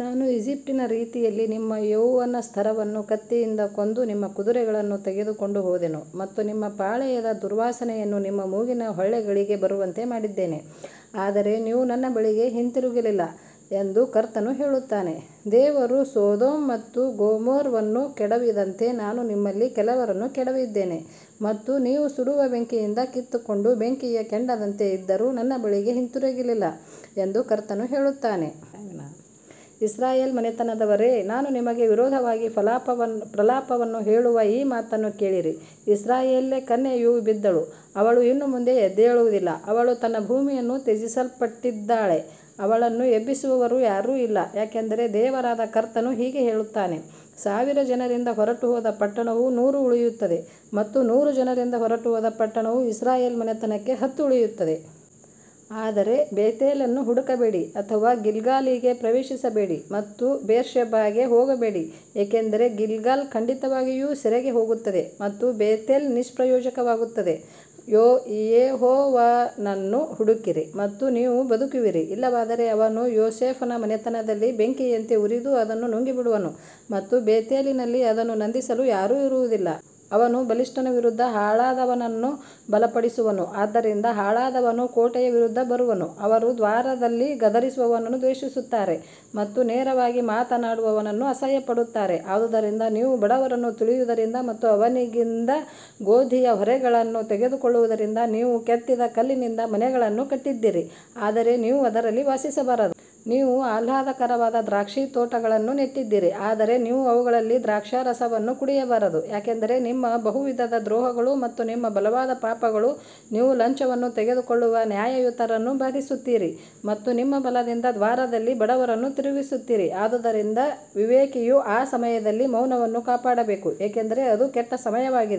ನಾನು ಈಜಿಪ್ಟಿನ ರೀತಿಯಲ್ಲಿ ನಿಮ್ಮ ಯೌವನಸ್ಥರನ್ನು ಕತ್ತಿಯಿಂದ ಕೊಂದು ನಿಮ್ಮ ಕುದುರೆಗಳನ್ನು ತೆಗೆದುಕೊಂಡು ಹೋದೆನು ಮತ್ತು ನಿಮ್ಮ ಪಾಳೆಯದ ದುರ್ವಾಸನೆಯನ್ನು ನಿಮ್ಮ ಮೂಗಿನ ಹೊಳ್ಳೆಗಳಿಗೆ ಬರುವಂತೆ ಮಾಡಿದ್ದೇನೆ, ಆದರೆ ನೀವು ನನ್ನ ಬಳಿಗೆ ಹಿಂತಿರುಗಲಿಲ್ಲ ಎಂದು ಕರ್ತನು ಹೇಳುತ್ತಾನೆ. ದೇವರು ಸೊದೋಮ್ ಮತ್ತು ಗೊಮೋರವನ್ನು ಕೆಡವಿದಂತೆ ನಾನು ನಿಮ್ಮಲ್ಲಿ ಕೆಲವರನ್ನು ಕೆಡವಿದ್ದೇನೆ ಮತ್ತು ನೀವು ಸುಡುವ ಬೆಂಕಿಯಿಂದ ಕಿತ್ತುಕೊಂಡ ಬೆಂಕಿಯ ಕೆಂಡದಂತೆ ಇದ್ದರೂ ನನ್ನ ಬಳಿಗೆ ಹಿಂತಿರುಗಲಿಲ್ಲ ಎಂದು ಕರ್ತನು ಹೇಳುತ್ತಾನೆ. ಇಸ್ರಾಯೇಲ್ ಮನೆತನದವರೇ, ನಾನು ನಿಮಗೆ ವಿರೋಧವಾಗಿ ಪ್ರಲಾಪವನ್ನು ಹೇಳುವ ಈ ಮಾತನ್ನು ಕೇಳಿರಿ. ಇಸ್ರಾಯೇಲ್ಯ ಕನ್ಯೆಯು ಬಿದ್ದಳು, ಅವಳು ಇನ್ನು ಮುಂದೆ ಎದ್ದೇಳುವುದಿಲ್ಲ, ಅವಳು ತನ್ನ ಭೂಮಿಯಲ್ಲಿ ತ್ಯಜಿಸಲ್ಪಟ್ಟಿದ್ದಾಳೆ, ಅವಳನ್ನು ಎಬ್ಬಿಸುವವರು ಯಾರೂ ಇಲ್ಲ. ಯಾಕಂದರೆ ದೇವರಾದ ಕರ್ತನು ಹೀಗೆ ಹೇಳುತ್ತಾನೆ, ಸಾವಿರ ಜನರಿಂದ ಹೊರಟುಹೋದ ಪಟ್ಟಣವು ನೂರು ಉಳಿಯುತ್ತದೆ ಮತ್ತು ನೂರು ಜನರಿಂದ ಹೊರಟುಹೋದ ಪಟ್ಟಣವು ಇಸ್ರಾಯೇಲ್ ಮನೆತನಕ್ಕೆ ಹತ್ತು ಉಳಿಯುತ್ತದೆ. ಆದರೆ ಬೇತೇಲನ್ನು ಹುಡುಕಬೇಡಿ ಅಥವಾ ಗಿಲ್ಗಾಲಿಗೆ ಪ್ರವೇಶಿಸಬೇಡಿ ಮತ್ತು ಬೇರ್ಷೆಬಾಗೆ ಹೋಗಬೇಡಿ, ಏಕೆಂದರೆ ಗಿಲ್ಗಾಲ್ ಖಂಡಿತವಾಗಿಯೂ ಸೆರೆಗೆ ಹೋಗುತ್ತದೆ ಮತ್ತು ಬೇತೇಲ್ ನಿಷ್ಪ್ರಯೋಜಕವಾಗುತ್ತದೆ. ಯೆಹೋವನನ್ನು ಹುಡುಕಿರಿ ಮತ್ತು ನೀವು ಬದುಕುವಿರಿ, ಇಲ್ಲವಾದರೆ ಅವನು ಯೋಸೇಫನ ಮನೆತನದಲ್ಲಿ ಬೆಂಕಿಯಂತೆ ಉರಿದು ಅದನ್ನು ನುಂಗಿಬಿಡುವನು ಮತ್ತು ಬೇತೇಲಿನಲ್ಲಿ ಅದನ್ನು ನಂದಿಸಲು ಯಾರೂ ಇರುವುದಿಲ್ಲ. ಅವನು ಬಲಿಷ್ಠನ ವಿರುದ್ಧ ಹಾಳಾದವನನ್ನು ಬಲಪಡಿಸುವನು, ಆದ್ದರಿಂದ ಹಾಳಾದವನು ಕೋಟೆಯ ವಿರುದ್ಧ ಬರುವನು. ಅವರು ದ್ವಾರದಲ್ಲಿ ಗದರಿಸುವವನನ್ನು ದ್ವೇಷಿಸುತ್ತಾರೆ ಮತ್ತು ನೇರವಾಗಿ ಮಾತನಾಡುವವನನ್ನು ಅಸಹ್ಯಪಡುತ್ತಾರೆ. ಆದುದರಿಂದ ನೀವು ಬಡವರನ್ನು ತುಳಿಯುವುದರಿಂದ ಮತ್ತು ಅವನಿಂದ ಗೋಧಿಯ ಹೊರೆಗಳನ್ನು ತೆಗೆದುಕೊಳ್ಳುವುದರಿಂದ, ನೀವು ಕೆತ್ತಿದ ಕಲ್ಲಿನಿಂದ ಮನೆಗಳನ್ನು ಕಟ್ಟಿದ್ದೀರಿ, ಆದರೆ ನೀವು ಅದರಲ್ಲಿ ವಾಸಿಸಬಾರದು. ನೀವು ಆಹ್ಲಾದಕರವಾದ ದ್ರಾಕ್ಷಿತೋಟಗಳನ್ನು ನೆಟ್ಟಿದ್ದೀರಿ, ಆದರೆ ನೀವು ಅವುಗಳಲ್ಲಿ ದ್ರಾಕ್ಷಾರಸವನ್ನು ಕುಡಿಯಬಾರದು. ಯಾಕಂದರೆ ನಿಮ್ಮ ಬಹುವಿಧದ ದ್ರೋಹಗಳು ಮತ್ತು ನಿಮ್ಮ ಬಲವಾದ ಪಾಪಗಳು, ನೀವು ಲಂಚವನ್ನು ತೆಗೆದುಕೊಳ್ಳುವ ನ್ಯಾಯಯುತರನ್ನು ಬಾಧಿಸುತ್ತೀರಿ ಮತ್ತು ನಿಮ್ಮ ಬಲದಿಂದ ದ್ವಾರದಲ್ಲಿ ಬಡವರನ್ನು ತಿರುಗಿಸುತ್ತೀರಿ. ಆದುದರಿಂದ ವಿವೇಕಿಯು ಆ ಸಮಯದಲ್ಲಿ ಮೌನವನ್ನು ಕಾಪಾಡಬೇಕು, ಏಕೆಂದರೆ ಅದು ಕೆಟ್ಟ ಸಮಯವಾಗಿದೆ.